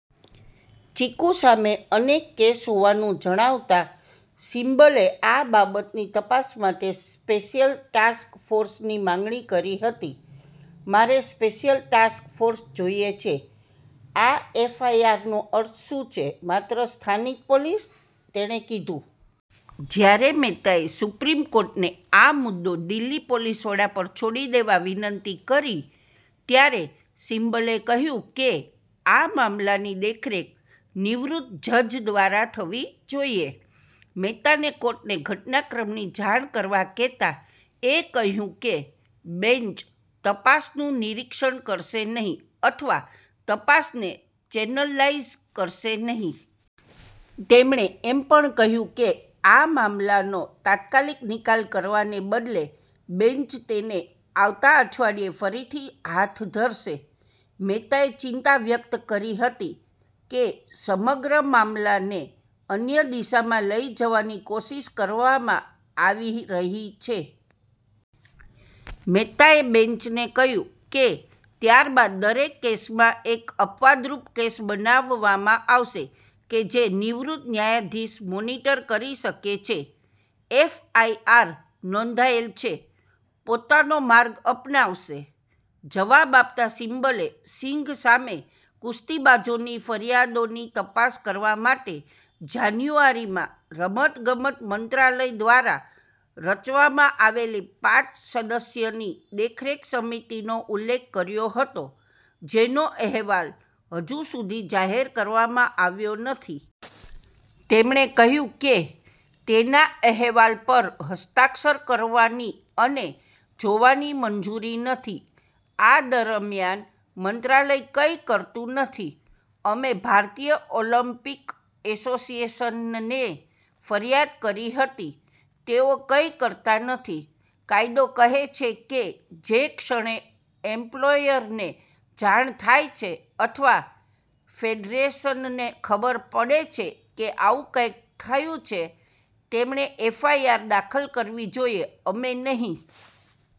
Chief સામે અનેક case હોવાનું જણાવતા સિબ્બલે આ બાબતની તપાસ માટે સ્પેશિયલ ટાસ્ક ફોર્સની માંગણી કરી હતી. "મારે સ્પેશિયલ ટાસ્ક ફોર્સ જોઈએ છે. આ એફઆઈઆરનો અર્થ શું છે, માત્ર સ્થાનિક પોલીસ? તેણે કીધુ. જ્યારે મહેતાએ સુપ્રીમ કોર્ટને આ મુદ્દો દિલ્હી પોલીસ વડા પર છોડી દેવા વિનંતી કરી ત્યારે સિબ્બલે કહ્યું કે આ મામલાની દેખરેખ નિવૃત્ત જજ દ્વારા થવી જોઈએ. મહેતાને કોર્ટને ઘટનાક્રમની જાણ કરવા કહેતાં એ કહ્યું કે બેંચ "તપાસનું નિરીક્ષણ કરશે નહીં અથવા તપાસને ચેનલલાઈઝ કરશે નહીં". તેમણે એમ પણ કહ્યું કે આ મામલાનો તાત્કાલિક નિકાલ કરવાને બદલે બેન્ચ તેને આવતા અઠવાડિયે ફરીથી હાથ ધરશે. મહેતાએ ચિંતા વ્યક્ત કરી હતી કે સમગ્ર મામલાને "અન્ય દિશામાં" લઈ જવાની કોશિશ કરવામાં આવી રહી છે. મહેતાએ બેન્ચને કહ્યું કે "ત્યારબાદ દરેક કેસમાં, એક અપવાદરૂપ કેસ બનાવવામાં આવશે કે જે નિવૃત્ત ન્યાયાધીશ મોનીટર કરી શકે છે. એફઆઈઆર નોંધાયેલ છે. પોતાનો માર્ગ અપનાવશે," જવાબ આપતા સિબ્બલે સિંઘ સામે કુસ્તીબાજોની ફરિયાદોની તપાસ કરવા માટે જાન્યુઆરીમાં રમતગમત મંત્રાલય દ્વારા રચવામાં આવેલી પાંચ-સદસ્યની દેખરેખ સમિતિનો ઉલ્લેખ કર્યો હતો, જેનો અહેવાલ હજુ સુધી જાહેર કરવામાં આવ્યો નથી. તેમણે કહ્યું કે "તેના અહેવાલ પર હસ્તાક્ષર કરવાની અને જોવાની મંજૂરી નથી આ દરમિયાન, મંત્રાલય કંઈ કરતું નથી. અમે ભારતીય ઓલિમ્પિક એસોસિએશનને ફરિયાદ કરી હતી. તેઓ કંઈ કરતા નથી. કાયદો કહે છે કે જે ક્ષણે એમ્પ્લોયરને જાણ થાય છે અથવા ફેડરેશનને ખબર પડે છે કે આવું કંઈક થયું છે, તેમણે એફઆઈઆર દાખલ કરવી જોઈએ, અમે નહીં.